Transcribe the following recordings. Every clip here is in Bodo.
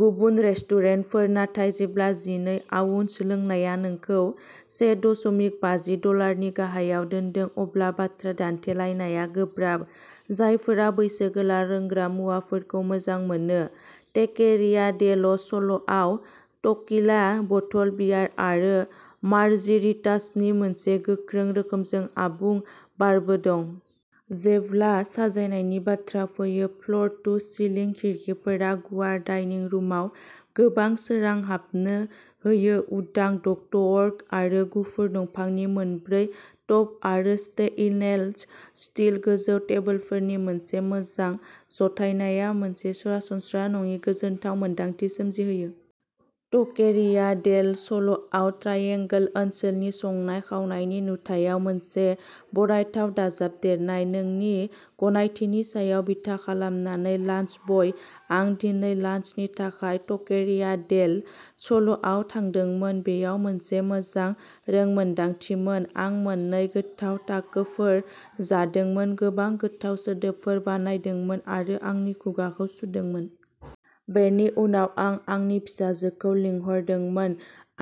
गुबुन रेस्टुरेन्टफोर। नाथाय जेब्ला जिनै आउन्स लोंनाया नोंखौ से दशमिक बाजि डलारनि गाहायाव दोन्दों अब्ला बाथ्रा दान्थेलायनाया गोब्राब। जायफोरा बैसोगोरा लोंग्रा मुवाफोरखौ मोजां मोनो, टकेरिया डेल स'लआव टेकीला, बथल बियार आरो मार्जारितासनि मोनसे गोख्रों रोखोमजों आबुं बारबो दं। जेब्ला साजायनायनि बाथ्रा फैयो, फ्ल'र टु सिलिं खिरखिफोरा गुवार डाइनिं रुमआव गोबां सोरां हाबनो होयो। उदां डक्टवर्क आरो गुफुर दंफांनि मोनब्रै टप आरो स्टेइनेल स्टील गोजौ टेबोलफोरनि मोनसे मोजां जथायनाया मोनसे सरासनस्रा नङि गोजोनथाव मोनदांथि सोमजिहोयो। टकेरिया डेल स'लआ ट्राइएंगल ओनसोलनि संनाय-खावनायनि नुथायाव मोनसे बरायथाव दाजाबदेरनाय। नोंनि गनायथिनि सायाव बिथा खालामनानै लान्चब'य, आं दिनै लान्चनि थाखाय टकेरिया डेल स'लआव थांदोंमोन। बेयो मोनसे मोजां रोंमोनदांथिमोन। आं मोननै गोथाव टाकोफोर जादोंमोन, गोबां गोथाव सोदोबफोर बानायदोंमोन आरो आंनि खुगाखौ सुदोंमोन। बेनि उनाव आं आंनि फिसाजोखौ लिंहरदोंमोन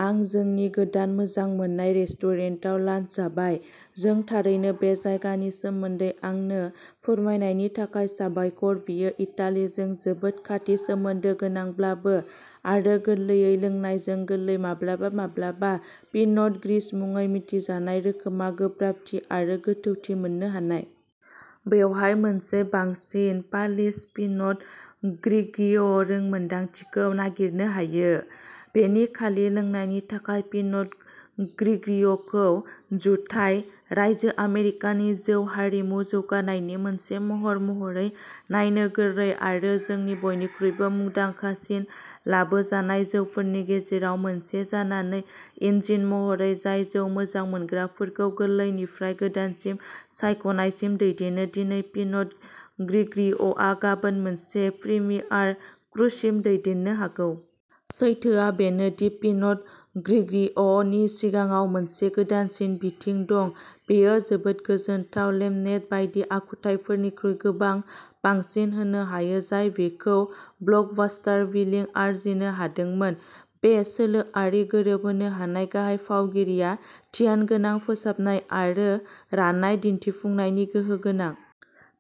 आं जोंनि गोदान मोजां मोनजानाय रेस्टुरेन्टाव लान्च जाबाय। जों थारैनो बे जायगानि सोमोन्दै आंनो फोरमायनायनि थाखाय साबायखर। बेयो इटालिजों जोबोद खाथि सोमोन्दो गोनांब्लाबो, आरो गोरलैयै लोंनायजों गोरलै, माब्लाबा-माब्लाबा पिनट ग्रिस मुङै मिथिजानाय रोखोमआ गोब्राबथि आरो गोथौथि मोननो हानाय। बेवहाय मोनसे बांसिन पालिश पिनट ग्रिगिय' रोंमोन्दांथिखौ नागिरनो हायो। बेनि खालि लोंनायनि थाखाय, पिनट ग्रिगिय'खौ जुथाइ रायजो आमेरिकानि जौ हारिमु जौगानायनि मोनसे महर महरै नायनो गोरलै आरो जोंनि बयनिख्रुइबो मुंदांखासिन लाबोजानाय जौफोरनि गेजेराव मोनसे जानानै, इन्जिन महरै जाय जौ मोजां मोनग्राफोरखौ गोरलैनिफ्राय गोदानसिन सायख'नायसिम दैदेनो दिनै पिनट ग्रिगिय'आ गाबोन मोनसे प्रिमियार क्रुसिम दैदेननो हागौ। सैथोआ बेनो दि पिनट ग्रिगिय' नि सिगाङाव मोनसे गोदानसिन बिथिं दं। बेयो जोबोद गोजोनथाव, लेमनेड बायदि आखुथायफोरनिख्रुइ गोबां बांसिन होनो हायो जाय बेखौ ब्लकबास्टार बिलिं आर्जिनो हादोंमोन। बे सोलोआरि गोरोबहोनो हानाय गाहाय फावगिरिया ध्यानगोनां, फोसाबनाय आरो रानाय दिन्थिफुंनायनि गोहो गोनां।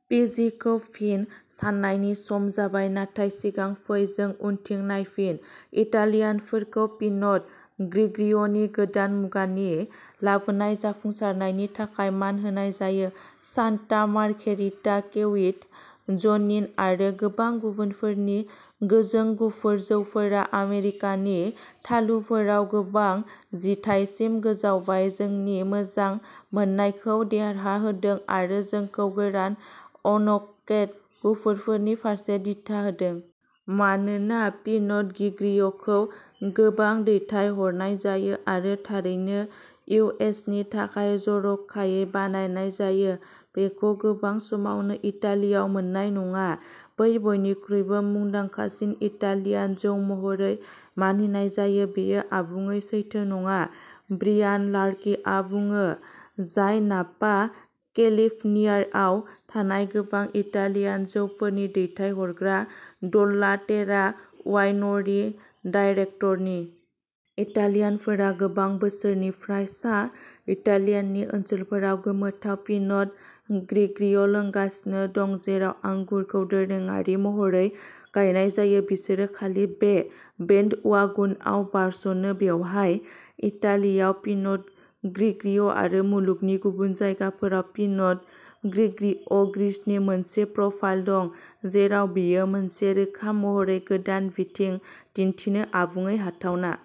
पि जि खौ फिन साननायनि सम जाबाय। नाथाय सिगां, फै जों उनथिं नायफिन। इटालियानफोरखौ पिनट ग्रिगिय'नि गोदान मुगानि लाबोनाय जाफुंसारनायनि थाखाय मान होनाय जायो। सान्ता मार्घेरिटा, केविट ज'निन आरो गोबां गुबुनफोरनि गोजों गुफुर जौफोरा आमेरिकानि थालुफोराव गोबां जिथाइसिम गोजावबाय, जोंनि मोजां मोननायखौ देरहाहोदों आरो जोंखौ गोरान, अनअकेड गुफुरफोरनि फारसे दिथा होदों। मानोना पिनट ग्रिगिय'खौ गोबां दैथायहरनाय जायो आरो थारैनो इउ एस नि थाखाय जर'खायै बानायनाय जायो, बेखौ गोबां समावनो इटालियाव मोन्नाय नङा बै बयनिख्रुइबो मुंदांखासिन इटालियान जौ महरै मानिनाय जायो। बेयो आबुङै सैथो नङा ब्रियान लार्कीआ बुङो, जाय नापा, केलिफ'र्नियायाव थानाय गोबां इटालियान जौफोरनि दैथायहरग्रा, डल्ला टेरा वाइनरी डाइरेक्टनि। इटालियानफोरा गोबां बोसोरफोरनिफ्राय सा इटालियानि ओनसोलफोराव गोमोथाव पिनट ग्रिगिय' लोंगासिनो दं, जेराव आंगुरखौ दोरोङारि महरै गायनाय जायो। बिसोरो खालि बे बेन्डवागनआव बारस'नो। बेवहाय इटालियाव पिनट ग्रिगिय' आरो मुलुगनि गुबुन जायगाफोराव पिनट ग्रिगिय' ग्रिसनि मोनसे प्रफाइल दं, जेराव बेयो मोनसे रोखा महरै गोदान बिथिं दिन्थिनो आबुङै हाथावना।